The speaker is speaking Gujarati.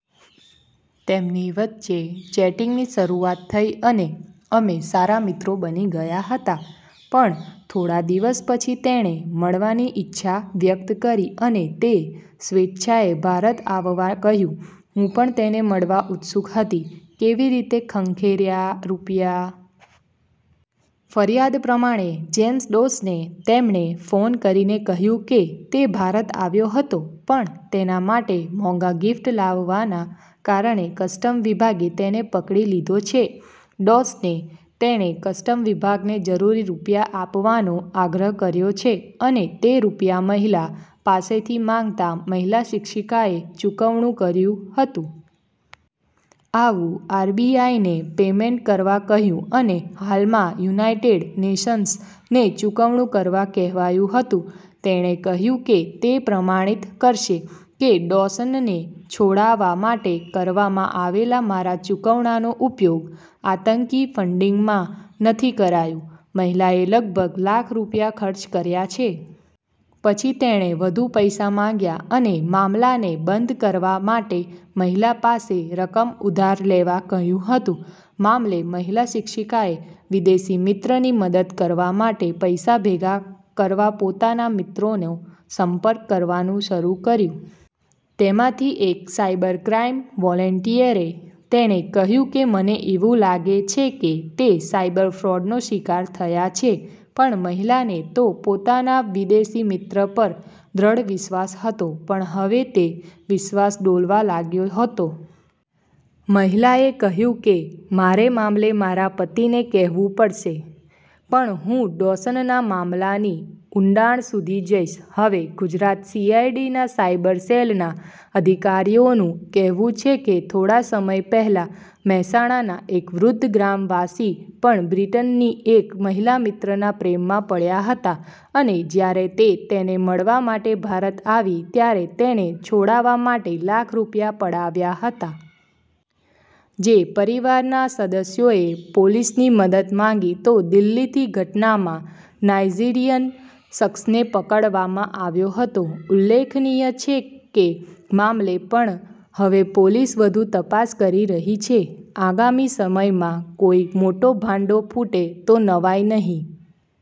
તેમની વચ્ચે ચેટિંગની શરૂઆત થઈ અને અમે સારા મિત્રો બની ગયા હતા, પણ થોડાદિવસ પછી તેણે મળવાની ઈચ્છા વ્યક્ત કરી અને તે સ્વેચ્છાએ ભારત આવવા કહ્યું. હું પણ તેને મળવા ઉત્સુક હતી. કેવી રીતે ખંખેર્યા રૂપિયા? ફરિયાદ પ્રમાણે, જેમ્સ ડોસને તેમને ફોન કરીને કહ્યું કે તે ભારત આવ્યો હતો પણ તેના માટે મોંઘા ગીફ્ટ લાવવાના કારણે કસ્ટમ વિભાગે તેને પકડી લીધો છે. ડોસને તેને કસ્ટમ વિભાગને જરૂરી રૂપિયા આપવાનો આગ્રહ કર્યો છે અને તે રૂપિયા મહિલા પાસેથી માગતા મહિલા શિક્ષિકાએ ચુવકણું કર્યું હતું. આવુંઆરબીઆઈને પેમેન્ટ કરવા કહ્યું અને હાલમાં યુનાઈટેડ નેશન્સ ને ચુકવણું કરવા કહેવાયું હતું. તેણે કહ્યું કે તે પ્રમાણિત કરશે કે ડોશનને છોડાવા માટે કરવામાં આવેલા મારા ચુકવણાનો ઉપયોગ આતંકી ફંડિંગમાં નથી કરાયું. મહિલાએ લગભગ લાખ રૂપિયા ખર્ચ કર્યા છે. પછી તેણે વધુ પૈસા માગ્યા અને મામલાને બંધ કરવા માટે મહિલા પાસે રકમ ઉધાર લેવા કહ્યું હતું. મામલે મહિલા શિક્ષિકાએ વિદેશી મિત્રની મદદ કરવા માટે પૈસા ભેગા કરવા પોતાના મિત્રોનો સંપર્ક કરવાનું શરૂ કર્યું. તેમાંથી એક સાયબર ક્રાઈમ વોલેંટિયરે તેને કહ્યું કે મને એવું લાગે છે કે તે સાયબર ફ્રોડનો શિકાર થયા છે. પણ મહિલાને તો પોતાના વિદેશી મિત્ર પર દ્રઢ વિશ્વાસ હતો પણ હવે તે વિશ્વાસ ડોલવા લાગ્યો હતો. મહિલાએ કહ્યું કે મારેમામલે મારા પતિને કહેવું પડશે, પણ હું ડોશનના મામલાની ઉંડાણ સુધી જઈશ. હવે ગુજરાત સીઆઈડીના સાયબર સેલના અધિકારીઓનું કહેવું છે કે થોડા સમય પહેલા મહેસાણાના એક વૃદ્ધ ગ્રામવાસી પણ બ્રિટનની એક મહિલા મિત્રના પ્રેમમાં પડ્યા હતા અને જ્યારે તે તેને મળવા માટે ભારત આવી ત્યારે તેને છોડાવા માટે લાખ રૂપિયા પડાવ્યા હતા. જે પરિવારના સદસ્યોએ પોલીસની મદદ માગી તો દિલ્હીથીઘટનામાં નાઈઝીરિયન શખ્સને પકડવામાં આવ્યો હતો. ઉલ્લેખનીય છે કેમામલે પણ હવે પોલીસ વધુ તપાસ કરી રહી છે. આગામી સમયમાં કોઈ મોટો ભાંડો ફૂટે તો નવાઈ નહીં.